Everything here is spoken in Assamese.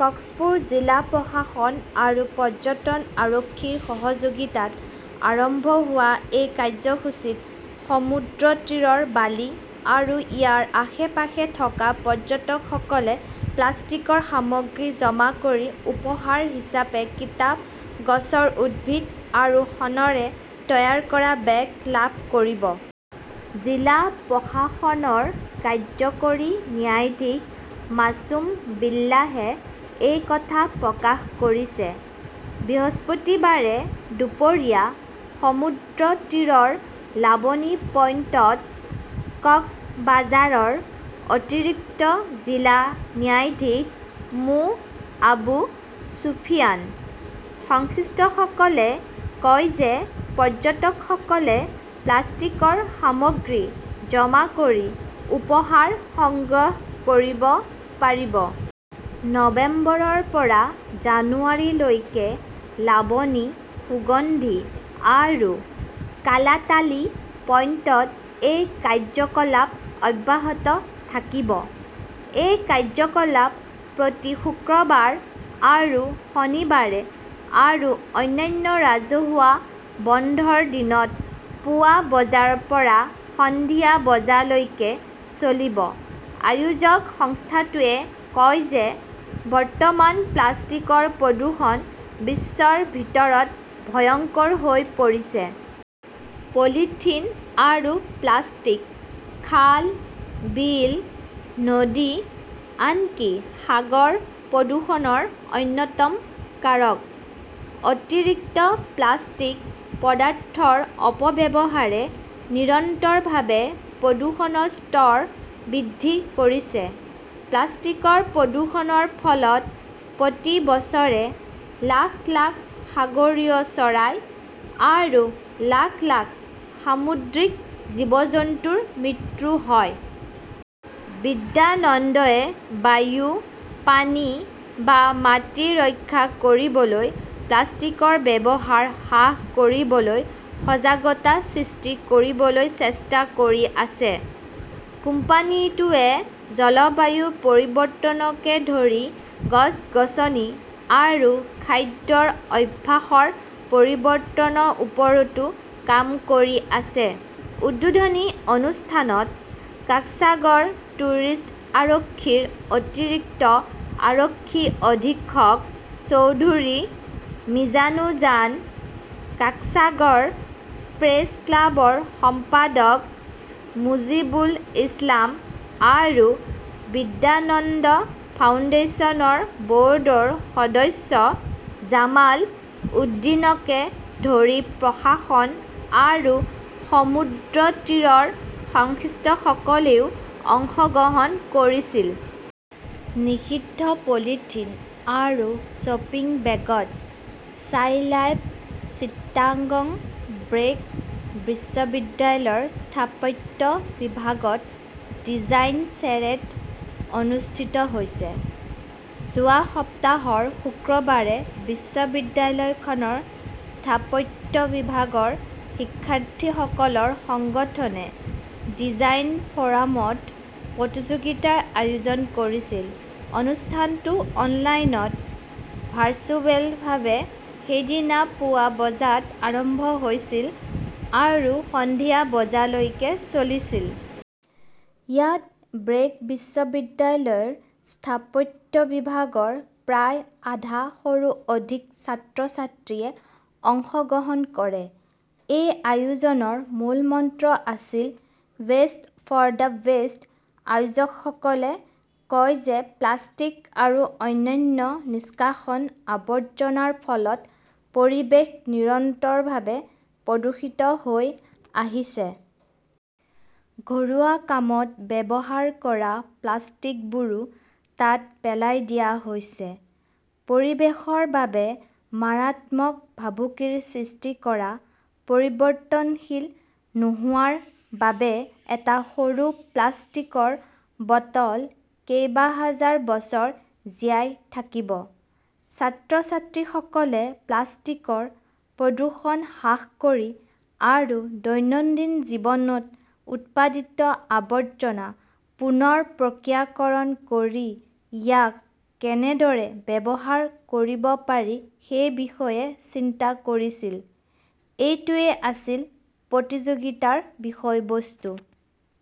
কক্সপুৰ জিলা প্ৰশাসন আৰু পৰ্যটন আৰক্ষীৰ সহযোগিতাত আৰম্ভ হোৱা এই কাৰ্যসূচীত সমুদ্ৰতীৰৰ বালি আৰু ইয়াৰ আশে-পাশে থকা পৰ্যটকসকলে প্লাষ্টিকৰ সামগ্ৰী জমা কৰি উপহাৰ হিচাপে কিতাপ, গছৰ উদ্ভিদ আৰু শণৰে তৈয়াৰ কৰা বেগ লাভ কৰিব। জিলা প্ৰশাসনৰ কাৰ্য্যকৰী ন্যায়াধীশ মাছুম বিল্লাহে এই কথা প্ৰকাশ কৰিছে। বৃহস্পতিবাৰে দুপৰীয়া সমুদ্ৰতীৰৰ লাবনী পইণ্টত কক্সবাজাৰৰ অতিৰিক্ত জিলা ন্যায়াধীশ মো. আবু চুফিয়ান। সংশ্লিষ্টসকলে কয় যে, পৰ্যটকসকলে প্লাষ্টিকৰ সামগ্ৰী জমা কৰি উপহাৰ সংগ্ৰহ কৰিব পাৰিব। নৱেম্বৰৰ পৰা জানুৱাৰী লৈকে লাবনী, সুগন্ধি আৰু কালাতালী পইণ্টত এই কাৰ্যকলাপ অব্যাহত থাকিব। এই কাৰ্যকলাপ প্ৰতি শুক্ৰবাৰ আৰু শনিবাৰে আৰু অন্যান্য ৰাজহুৱা বন্ধৰ দিনত পুৱা বজাৰ পৰা সন্ধিয়া বজালৈকে চলিব। আয়োজক সংস্থাটোৱে কয় যে, বৰ্তমান প্লাষ্টিকৰ প্ৰদূষণ বিশ্বৰ ভিতৰত ভয়ংকৰ হৈ পৰিছে। পলিথিন আৰু প্লাষ্টিক খাল, বিল, নদী, আনকি সাগৰ প্ৰদূষণৰ অন্যতম কাৰক। অতিৰিক্ত প্লাষ্টিক পদাৰ্থৰ অপব্যৱহাৰে নিৰন্তৰভাৱে প্ৰদূষণৰ স্তৰ বৃদ্ধি কৰিছে। প্লাষ্টিকৰ প্ৰদূষণৰ ফলত প্ৰতি বছৰে লাখ লাখ সাগৰীয় চৰাই আৰু লাখ লাখ সামুদ্ৰিক জীৱ-জন্তুৰ মৃত্যু হয়। বিদ্যানন্দই বায়ু, পানী বা মাটি ৰক্ষা কৰিবলৈ প্লাষ্টিকৰ ব্যৱহাৰ হ্ৰাস কৰিবলৈ সজাগতা সৃষ্টি কৰিবলৈ চেষ্টা কৰি আছে। কোম্পানীটোৱে জলবায়ু পৰিৱৰ্তনকে ধৰি গছ-গছনি আৰু খাদ্যৰ অভ্যাসৰ পৰিৱৰ্তনৰ ওপৰতো কাম কৰি আছে। উদ্বোধনী অনুষ্ঠানত কাক্সাগৰ টুৰিষ্ট আৰক্ষীৰ অতিৰিক্ত আৰক্ষী অধীক্ষক চৌধুৰী মিজানুজান, কাক্সাগৰ প্ৰেছ ক্লাবৰ সম্পাদক মুজীবুল ইছলাম আৰু বিদ্যানন্দ ফাউণ্ডেশ্যনৰ ব'ৰ্ডৰ সদস্য জামাল উদ্দীনকে ধৰি প্ৰশাসন আৰু সমুদ্ৰতীৰৰ সংশ্লিষ্টসকলেও অংশগ্ৰহণ কৰিছিল। নিষিদ্ধ পলিথিন আৰু শ্বপিং বেগত ছাইল্যাব চিটাগং ব্ৰেক বিশ্ববিদ্যালয়ৰ স্থাপত্য বিভাগত 'ডিজাইন শ্বেৰেট' অনুষ্ঠিত হৈছে। যোৱা সপ্তাহৰ শুক্ৰবাৰে বিশ্ববিদ্যালয়খনৰ স্থাপত্য বিভাগৰ শিক্ষাৰ্থীসকলৰ সংগঠনে 'ডিজাইন ফ'ৰাম'ত প্ৰতিযোগিতাৰ আয়োজন কৰিছিল। অনুষ্ঠানটো অনলাইনত ভাৰ্চুৱেলভাৱে সেইদিনা পুৱা বজাত আৰম্ভ হৈছিল আৰু সন্ধিয়া বজালৈকে চলিছিল। ইয়াত ব্ৰেক বিশ্ববিদ্যালয়ৰ স্থাপত্য বিভাগৰ প্ৰায় আধা শৰো অধিক ছাত্ৰ-ছাত্ৰীয়ে অংশগ্ৰহণ কৰে। এই আয়োজনৰ মূলমন্ত্ৰ আছিল 'ৱেষ্ট ফৰ দ্য বেষ্ট'। আয়োজকসকলে কয় যে প্লাষ্টিক আৰু অন্যান্য নিষ্কাশন আৱৰ্জনাৰ ফলত পৰিৱেশ নিৰন্তৰভাৱে প্ৰদূষিত হৈ আহিছে। ঘৰুৱা কামত ব্যৱহাৰ কৰা প্লাষ্টিকবোৰো তাত পেলাই দিয়া হৈছে। পৰিৱেশৰ বাবে মাৰাত্মক ভাবুকিৰ সৃষ্টি কৰা পৰিৱৰ্তনশীল নোহোৱাৰ বাবে এটা সৰু প্লাষ্টিকৰ বটল কেইবাহাজাৰ বছৰ জীয়াই থাকিব। ছাত্ৰ-ছাত্ৰীসকলে প্লাষ্টিকৰ প্ৰদূষণ হ্ৰাস কৰি আৰু দৈনন্দিন জীৱনত উৎপাদিত আৱৰ্জনা পুনৰ প্ৰক্ৰিয়াকৰণ কৰি ইয়াক কেনেদৰে ব্যৱহাৰ কৰিব পাৰি সেই বিষয়ে চিন্তা কৰিছিল। এইটোৱেই আছিল প্ৰতিযোগিতাৰ বিষয়বস্তু।